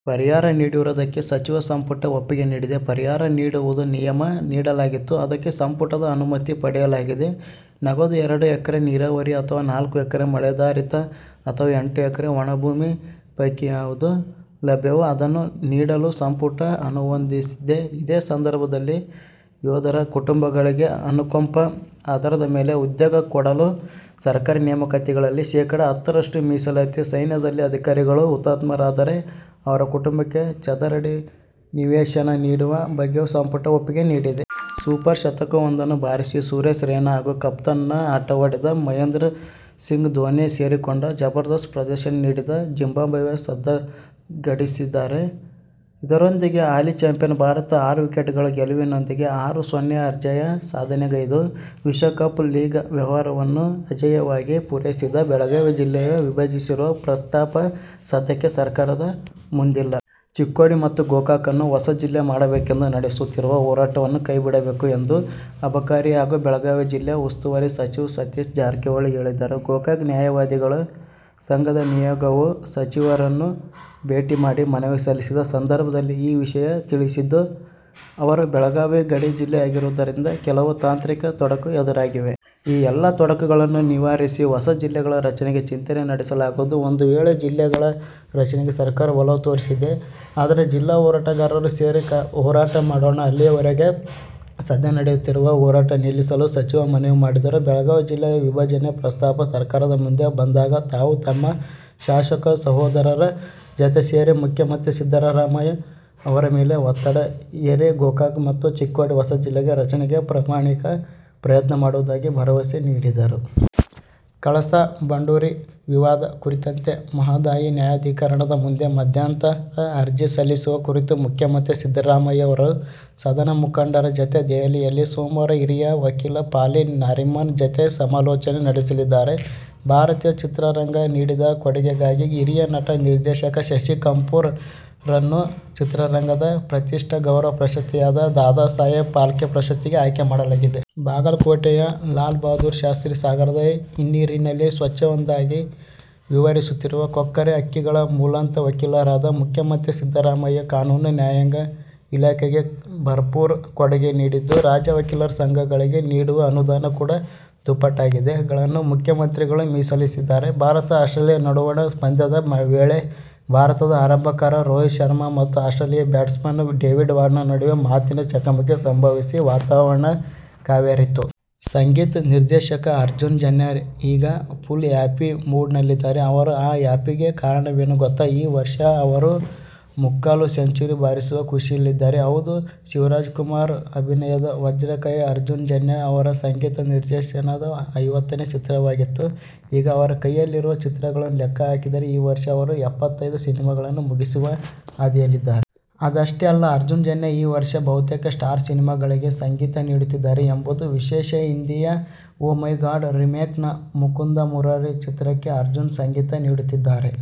ಪರಿಹಾರ ನೀಡಿರುವುದಕ್ಕೆ ಸಚಿವ ಸಂಪುಟ ಒಪ್ಪಿಗೆ ನೀಡಿದೆ. ಪರಿಹಾರ ನೀಡುವುದು ನಿಯಮ. ನೀಡಲಾಗಿತ್ತು. ಅದಕ್ಕೆ ಸಂಪುಟದ ಅನುಮತಿ ಪಡೆಯಲಾಗಿದೆ. ನಗದು, ಎರಡು ಎಕರೆ ನೀರಾವರಿ ಅಥವಾ ನಾಲ್ಕು ಎಕರೆ ಮಳೆಯಾಧಾರಿತ ಅಥವಾ ಎಂಟು ಎಕರೆ ಒಣಭೂಮಿ ಪೈಕಿಯಾವುದು ಲಭ್ಯವೋ ಅದನ್ನು ನೀಡಲು ಸಂಪುಟ ಅನುಮೋದಿಸಿದೆ. ಇದೇ ಸಂದರ್ಭದಲ್ಲಿ ಯೋಧರ ಕುಟುಂಬಗಳಿಗೆ ಅನುಕಂಪದ ಆಧಾರದ ಮೇಲೆ ಉದ್ಯೋಗ ಕೊಡಲು ಸರ್ಕಾರಿ ನೇಮಕಾತಿಗಳಲ್ಲಿ ಶೇಖಡ ಹತ್ತರಷ್ಟು ಮೀಸಲಾತಿ, ಸೈನ್ಯದಲ್ಲಿ ಅಧಿಕಾರಿಗಳು ಹುತಾತ್ಮರಾದರೆ ಅವರ ಕುಟುಂಬಕ್ಕೆ ಚದರಡಿ ನಿವೇಶನ ನೀಡುವ ಬಗ್ಗೆಯೂ ಸಂಪುಟ ಒಪ್ಪಿಗೆ ನೀಡಿದೆ. ಸೂಪರ್ ಶತಕವೊಂದನ್ನು ಬಾರಿಸಿದ ಸುರೇಶ್ ರೈನಾ ಹಾಗೂ ಕಪ್ತಾನನ ಆಟವಾಡಿದ ಮಹೇಂದ್ರ ಸಿಂಗ್ ಧೋನಿ ಸೇರಿಕೊಂಡು ಜಬರ್ದಸ್ತ್ ಪ್ರದರ್ಶನ ನೀಡಿದ ಜಿಂಬಾಬ್ವೆಯ ಸದ್ದಡಗಿಸಿದ್ದಾರೆ. ಇದರೊಂದಿಗೆ ಹಾಲಿ ಚಾಂಪಿಯನ್ ಭಾರತ ಆರು ವಿಕೆಟ್ಗಳ ಗೆಲುವಿನೊಂದಿಗೆ ಆರು-ಸೊನ್ನೆ ಅಜೇಯ ಸಾಧನೆಗೈದು ವಿಶ್ವಕಪ್ ಲೀಗ್ ವ್ಯವಹಾರವನ್ನು ಅಜೇಯವಾಗಿ ಪೂರೈಸಿದೆ. ಬೆಳಗಾವಿ ಜಿಲ್ಲೆ ವಿಭಜಿಸುವ ಪ್ರಸ್ತಾಪ ಸದ್ಯಕ್ಕೆ ಸರ್ಕಾರದ ಮುಂದಿಲ್ಲ. ಚಿಕ್ಕೋಡಿ ಮತ್ತು ಗೋಕಾಕನ್ನು ಹೊಸ ಜಿಲ್ಲೆ ಮಾಡಬೇಕೆಂದು ನಡೆಸುತ್ತಿರುವ ಹೋರಾಟವನ್ನು ಕೈಬಿಡಬೇಕು ಎಂದು ಅಬಕಾರಿ ಹಾಗೂ ಬೆಳಗಾವಿ ಜಿಲ್ಲಾ ಉಸ್ತುವಾರಿ ಸಚಿವ ಸತೀಶ ಜಾರಕಿಹೊಳಿ ಹೇಳಿದರು. ಗೋಕಾಕ ನ್ಯಾಯವಾದಿಗಳ ಸಂಘದ ನಿಯೋಗವು ಸಚಿವರನ್ನು ಭೇಟಿ ಮಾಡಿ ಮನವಿ ಸಲ್ಲಿಸಿದ ಸಂದರ್ಭದಲ್ಲಿ ಈ ವಿಷಯ ತಿಳಿಸಿದ ಅವರು, ಬೆಳಗಾವಿ ಗಡಿ ಜಿಲ್ಲೆ ಆಗಿರುವುದರಿಂದ ಕೆಲವು ತಾಂತ್ರಿಕ ತೊಡಕು ಎದುರಾಗಿವೆ. ಈ ಎಲ್ಲ ತೊಡಕುಗಳನ್ನು ನಿವಾರಿಸಿ ಹೊಸ ಜಿಲ್ಲೆಗಳ ರಚನೆಗೆ ಚಿಂತನೆ ನಡೆಸಲಾಗುವುದು. ಒಂದು ವೇಳೆ ಜಿಲ್ಲೆಗಳ ರಚನೆಗೆ ಸರ್ಕಾರ ಒಲವು ತೋರಿಸಿದ್ದೇ ಆದರೆ, ಜಿಲ್ಲಾ ಹೋರಾಟಗಾರರು ಸೇರಿ ಹೋರಾಟ ಮಾಡೋಣ. ಅಲ್ಲಿಯವರೆಗೆ ಸದ್ಯ ನಡೆಸುತ್ತಿರುವ ಹೋರಾಟ ನಿಲ್ಲಿಸಲು ಸಚಿವರು ಮನವಿ ಮಾಡಿದರು. ಬೆಳಗಾವಿ ಜಿಲ್ಲೆ ವಿಭಜನೆ ಪ್ರಸ್ತಾಪ ಸರ್ಕಾರದ ಮುಂದೆ ಬಂದಾಗ ತಾವು ತಮ್ಮ ಶಾಸಕ ಸಹೋದರರ ಜತೆ ಸೇರಿ ಮುಖ್ಯಮಂತ್ರಿ ಸಿದ್ಧರಾಮಯ್ಯ ಅವರ ಮೇಲೆ ಒತ್ತಡ ಹೇರಿ ಗೋಕಾಕ ಮತ್ತು ಚಿಕ್ಕೋಡಿ ಹೊಸ ಜಿಲ್ಲೆ ರಚನೆಗೆ ಪ್ರಾಮಾಣಿಕ ಪ್ರಯತ್ನ ಮಾಡುವುದಾಗಿ ಭರವಸೆ ನೀಡಿದರು. ಕಳಸಾ ಬಂಡೂರಿ ವಿವಾದ ಕುರಿತಂತೆ ಮಹದಾಯಿ ನ್ಯಾಯಾಧಿಕರಣದ ಮುಂದೆ ಮಧ್ಯಂತರ ಅರ್ಜಿ ಸಲ್ಲಿಸುವ ಕುರಿತು ಮುಖ್ಯಮಂತ್ರಿ ಸಿದ್ದರಾಮಯ್ಯಅವರು ಸದನ ಮುಖಂಡರ ಜತೆ ದೆಹಲಿಯಲ್ಲಿ ಸೋಮವಾರ ಹಿರಿಯ ವಕೀಲ ಫಾಲಿ ನಾರಿಮನ್ ಜತೆ ಸಮಾಲೋಚನೆ ನಡೆಸಲಿದ್ದಾರೆ. ಭಾರತೀಯ ಚಿತ್ರರಂಗಕ್ಕೆ ನೀಡಿದ ಕೊಡೆಗೆಗಾಗಿ ಹಿರಿಯ ನಟ/ನಿರ್ದೇಶಕ ಶಶಿ ಕಪೂರ್ ರನ್ನು ಚಿತ್ರರಂಗದ ಪ್ರತಿಷ್ಠಿತ ಗೌರವ ಪ್ರಶಸ್ತಿಯಾದ ದಾದಾ ಸಾಹೇಬ್ ಫಾಲ್ಕೆ ಪ್ರಶಸ್ತಿಗೆ ಆಯ್ಕೆ ಮಾಡಲಾಗಿದೆ. ಬಾಗಲಕೋಟೆಯ ಲಾಲ್ ಬಹದ್ದೂರ್ ಶಾಸ್ತ್ರಿ ಸಾಗರದ ಹಿನ್ನೀರಿನಲ್ಲಿ ಸ್ವಚ್ಛಂದವಾಗಿ ವಿಹರಿಸುತ್ತಿರುವ ಕೊಕ್ಕರೆ ಹಕ್ಕಿಗಳು. ಮೂಲತಃ ವಕೀಲರಾದ ಮುಖ್ಯಮಂತ್ರಿ ಸಿದ್ದರಾಮಯ್ಯ, ಕಾನೂನು, ನ್ಯಾಯಾಂಗ ಇಲಾಖೆಗೆ ಭರಪೂರ ಕೊಡುಗೆ ನೀಡಿದ್ದು, ರಾಜ್ಯ ವಕೀಲರ ಸಂಘಗಳಿಗೆ ನೀಡುವ ಅನುದಾನ ಕೂಡ ದುಪ್ಪಟ್ಟಾಗಿದೆ. ಗಳನ್ನು ಮುಖ್ಯಮಂತ್ರಿಗಳು ಮೀಸಲಿರಿಸಿದ್ದಾರೆ. ಭಾರತ-ಆಸ್ಟ್ರೇಲಿಯ ನಡುವಣ ಪಂದ್ಯದ ವೇಳೆ ಭಾರತದ ಆರಂಭಕಾರ ರೋಹಿತ್ ಶರ್ಮಾ ಮತ್ತು ಆಸ್ಟ್ರೇಲಿಯ ಬ್ಯಾಟ್ಸ್ಮನ್ ಡೇವಿಡ್ ವಾರ್ನರ್ ನಡುವೆ ಮಾತಿನ ಚಕಮಕಿ ಸಂಭವಿಸಿ ವಾತಾವರಣ ಕಾವೇರಿತು. ಸಂಗೀತ ನಿರ್ದೇಶಕ ಅರ್ಜುನ್ ಜನ್ಯ ಈಗ ಫುಲ್ ಹ್ಯಾಪಿಮೂಡ್ನಲ್ಲಿದ್ದಾರೆ. ಅವರ ಆ ಹ್ಯಾಪಿಗೆ ಕಾರಣವೇನು ಗೊತ್ತಾ ಈ ವರ್ಷ ಅವರು ಮುಕ್ಕಾಲು ಸೆಂಚುರಿ ಬಾರಿಸುವ ಖುಷಿಯಲ್ಲಿದ್ದಾರೆ. ಹೌದು, ಶಿವರಾಜ್ಕುಮಾರ್ ಅಭಿನಯದ ವಜ್ರಕಾಯ ಅರ್ಜುನ್ ಜನ್ಯ ಅವರ ಸಂಗೀತ ನಿರ್ದೇಶನದ ಐವತ್ತನೇ ಚಿತ್ರವಾಗಿತ್ತು. ಈಗ ಅವರ ಕೈಯಲ್ಲಿರೋ ಚಿತ್ರಗಳನ್ನು ಲೆಕ್ಕ ಹಾಕಿದರೆ, ಈ ವರ್ಷ ಅವರು ಎಪ್ಪತ್ತೈದು ಸಿನಿಮಾಗಳನ್ನು ಮುಗಿಸುವ ಹಾದಿಯಲ್ಲಿದ್ದಾರೆ. ಅದಷ್ಟೇ ಅಲ್ಲ, ಅರ್ಜುನ್ ಜನ್ಯ ಈ ವರ್ಷ ಬಹುತೇಕ ಸ್ಟಾರ್ ಸಿನಿಮಾಗಳಿಗೆ ಸಂಗೀತ ನೀಡುತ್ತಿದ್ದಾರೆ ಎಂಬುದು ವಿಶೇಷ. ಹಿಂದಿಯ "ಓ ಮೈ ಗಾಡ್' ರಿಮೇಕ್ನ "ಮುಕುಂದ ಮುರಾರಿ' ಚಿತ್ರಕ್ಕೆ ಅರ್ಜುನ್ ಸಂಗೀತ ನೀಡುತ್ತಿದ್ದಾರೆ.